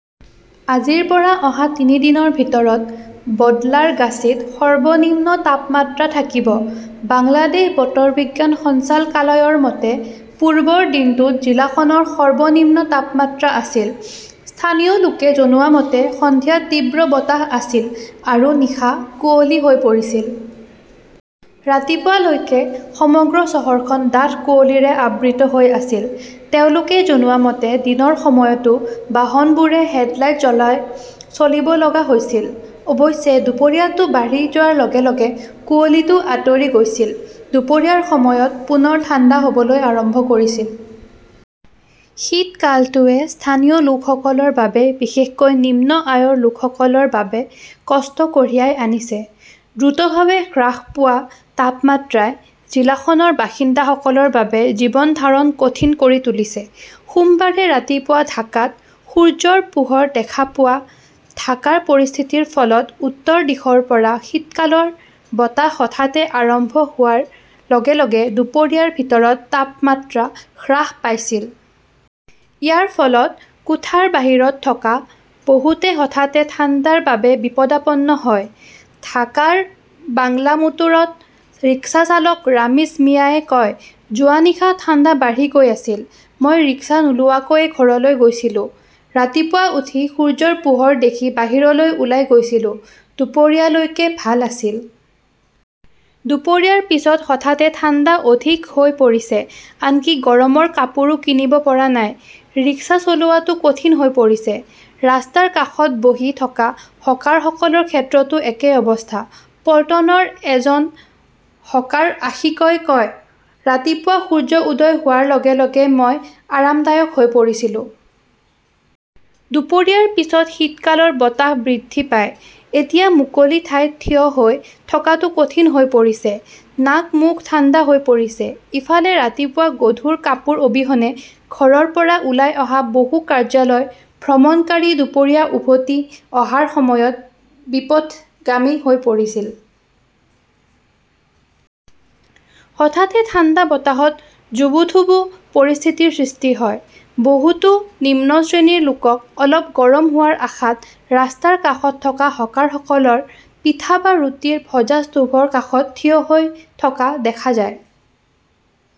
আজিৰ পৰা অহা তিনি দিনৰ ভিতৰত বদলাৰগাচীত সৰ্বনিম্ন তাপমাত্ৰা থাকিব। বাংলাদেশ বতৰ বিজ্ঞান সঞ্চালকালয়ৰ মতে, পূৰ্বৰ দিনটোত জিলাখনৰ সৰ্বনিম্ন তাপমাত্ৰা আছিল। স্থানীয় লোকে জনোৱা মতে সন্ধিয়া তীব্ৰ বতাহ আছিল আৰু নিশা কুঁৱলী হৈ পৰিছিল। ৰাতিপুৱা লৈকে সমগ্ৰ চহৰখন ডাঠ কুঁৱলীৰে আবৃত হৈ আছিল। তেওঁলোকে জনোৱা মতে, দিনৰ সময়তো বাহনবোৰে হেডলাইট জ্বলাই চলিব লগা হৈছিল। অৱশ্যে, দুপৰীয়াটো বাঢ়ি যোৱাৰ লগে লগে কুঁৱলীটো আঁতৰি গৈছিল। দুপৰীয়াৰ সময়ত পুনৰ ঠাণ্ডা হ'বলৈ আৰম্ভ কৰিছিল। শীতকালটোৱে স্থানীয় লোকসকলৰ বাবে বিশেষকৈ নিম্ন আয়ৰ লোকসকলৰ বাবে কষ্ট কঢ়িয়াই আনিছে। দ্ৰুতভাৱে হ্ৰাস পোৱা তাপমাত্ৰাই জিলাখনৰ বাসিন্দাসকলৰ বাবে জীৱন ধাৰণ কঠিন কৰি তুলিছে। সোমবাৰে ৰাতিপুৱা ঢাকাত সূৰ্যৰ পোহৰ দেখা পোৱা, ঢাকাৰ পৰিস্থিতিৰ ফলত উত্তৰ দিশৰ পৰা শীতকালৰ বতাহ হঠাতে আৰম্ভ হোৱাৰ লগে লগে দুপৰীয়াৰ ভিতৰত তাপমাত্ৰা হ্ৰাস পাইছিল। ইয়াৰ ফলত কোঠাৰ বাহিৰত থকা বহুতে হঠাতে ঠাণ্ডাৰ বাবে বিপদাপন্ন হয়। ঢাকাৰ বাংলামোটোৰত ৰিক্সা চালক ৰামিজ মিয়াৱে কয়,"যোৱা নিশা ঠাণ্ডা বাঢ়ি গৈ আছিল।" মই ৰিক্সা নোলোৱাকৈ ঘৰলৈ গৈছিলোঁ। ৰাতিপুৱা উঠি সূৰ্যৰ পোহৰ দেখি বাহিৰলৈ ওলাই গৈছিলোঁ, দুপৰীয়া লৈকে ভাল আছিল। দুপৰীয়াৰ পিছত হঠাতে ঠাণ্ডা অধিক হৈ পৰিছে। আনকি গৰমৰ কাপোৰো কিনিব পৰা নাই। ৰিক্সা চলোৱাটো কঠিন হৈ পৰিছে। ৰাস্তাৰ কাষত বহি থকা হকাৰসকলৰ ক্ষেত্ৰতো একেই অৱস্থা। পল্টনৰ এজন হকাৰ আশিকই কয়,"ৰাতিপুৱা সূৰ্য উদয় হোৱাৰ লগে লগে মই আৰামদায়ক হৈ পৰিছিলো।" দুপৰীয়াৰ পিছত শীতকালৰ বতাহ বৃদ্ধি পায়। এতিয়া মুকলি ঠাইত থিয় হৈ থকাটো কঠিন হৈ পৰিছে। নাক, মুখ ঠাণ্ডা হৈ পৰিছে। ইফালে ৰাতিপুৱা গধুৰ কাপোৰ অবিহনে ঘৰৰ পৰা ওলাই অহা বহু কাৰ্যালয় ভ্ৰমণকাৰী দুপৰীয়া উভতি অহাৰ সময়ত বিপথগামী হৈ পৰিছিল। হঠাতে ঠাণ্ডা বতাহত জুবুথুবু পৰিস্থিতিৰ সৃষ্টি হয়। বহুতো নিম্ন শ্ৰেণীৰ লোকক অলপ গৰম হোৱাৰ আশাত ৰাস্তাৰ কাষত থকা হকাৰসকলৰ পিঠা বা ৰুটিৰ ভজা ষ্টোভৰ কাষত থিয় হৈ থকা দেখা যায়।